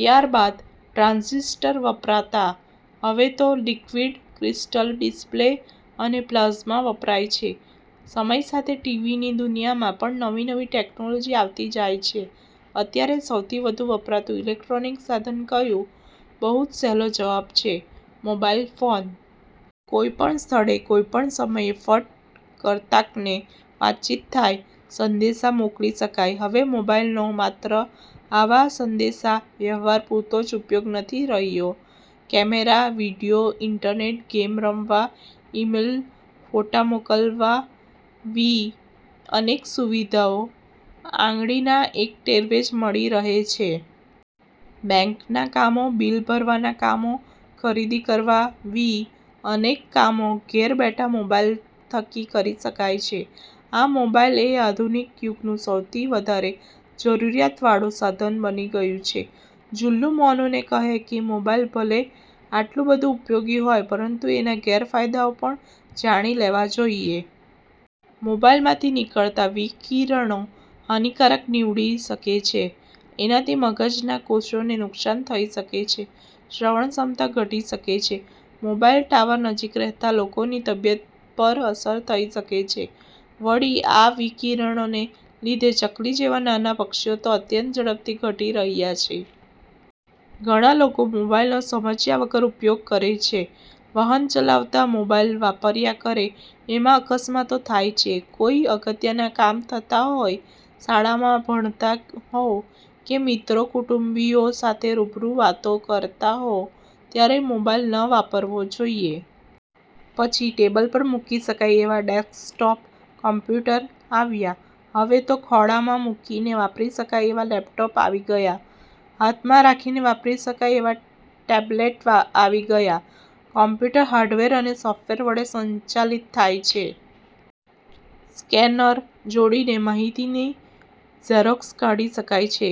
ત્યાર બાદ ટ્રાન્ઝીટર વપરાતાં. હવે તો લીક્વીડ ક્રિસ્ટલ ડિસ્પ્લે અને પ્લાઝમા વપરાય છે. સમય સાથે ટીવીની દુનિયામાં પણ નવી નવી ટેકનોલોજી આવતી જાય છે. અત્યારે સૌથી વધુ વપરાતું ઈલેક્ટ્રોનિક સાધન કયું? બહુ જ સહેલો જવાબ છે મોબાઈલ ફોન! કોઈ પણ સ્થળે, કોઈ પણ સમયે ફટ કરતાંકને વાતચીત થાય, સંદેશા મોકલી શકાય. હવે મોબાઈલનો માત્ર આવા સંદેશા વ્યવહાર પુરતો જ ઉપયોગ નથી રહ્યો. કેમેરા, વિડીયો, ઈન્ટરનેટ, ગેમ રમવા, ઈમેલ, ફોટા મોકલવા વિ અનેક સુવિધાઓ આંગળીના એક ટેરવે જ મળી રહે છે. બેંકના કામો, બીલ ભરવાના કામો, ખરીદી કરવા વિ અનેક કામો ઘેર બેઠાં મોબાઈલ થકી કરી શકાય છે. આમ મોબાઈલ એ આધુનિક યુગનું સૌથી વધારે જરૂરીયાત વાળું સાધન બની ગયું છે. જુલ્લુ મોનુને કહે કે મોબાઈલ ભલે આટલું બધું ઉપયોગી હોય પરંતુ એના ગેરફાયદાઓ પણ જાણી લેવા જોઈએ. મોબાઈલમાંથી નીકળતા વિકિરણો હાનીકારક નીવડી શકે છે. એનાથી મગજના કોષોને નુકસાન થઇ શકે છે, શ્રવણ ક્ષમતા ઘટી શકે છે. મોબાઈલ ટાવર નજીક રહેતા લોકોની તબિયત પર અસર થઇ શકે છે. વળી આ વિકિરણોને લીધે ચકલી જેવાં નાનાં પક્ષીઓ તો અત્યંત ઝડપથી ઘટી રહ્યાં છે. ઘણા લોકો મોબાઈલનો સમજ્યા વગર ઉપયોગ કરે છે. વાહન ચલાવતાં મોબાઈલ વાપર્યા કરે એમાં અકસ્માતો થાય છે. કોઈ અગત્યના કામ થતા હોય, શાળામાં ભણતા હોવ કે મિત્રો-કુટુંબીઓ સાથે રૂબરૂ વાતો કરતા હો ત્યારે મોબાઈલ ન વાપરવો જોઈએ. પછી ટેબલ પર મૂકી શકાય એવા ડેસ્કટોપ કોમ્પુટર આવ્યા. હવે તો ખોળામાં મુકીને વાપરી શકાય એવા લેપટોપ આવી ગયા. હાથમાં રાખીને વાપરી શકાય એવા ટેબ્લેટ આવી ગયા. કોમ્પ્યુટર હાર્ડવેર અને સોફ્ટવેર વડે સંચાલિત થાય છે. સ્કેનર જોડીને માહિતીની ઝેરોક્ષ કાઢી શકાય છે.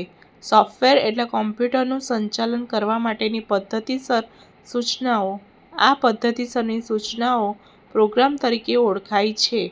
સોફ્ટવેર એટલે કોમ્પ્યુટરનું સંચાલન કરવા માટેની પધ્ધતિસર સૂચનાઓ. આ પધ્ધતિસરની સૂચનાઓ પ્રોગ્રામ તરીકે ઓળખાય છે.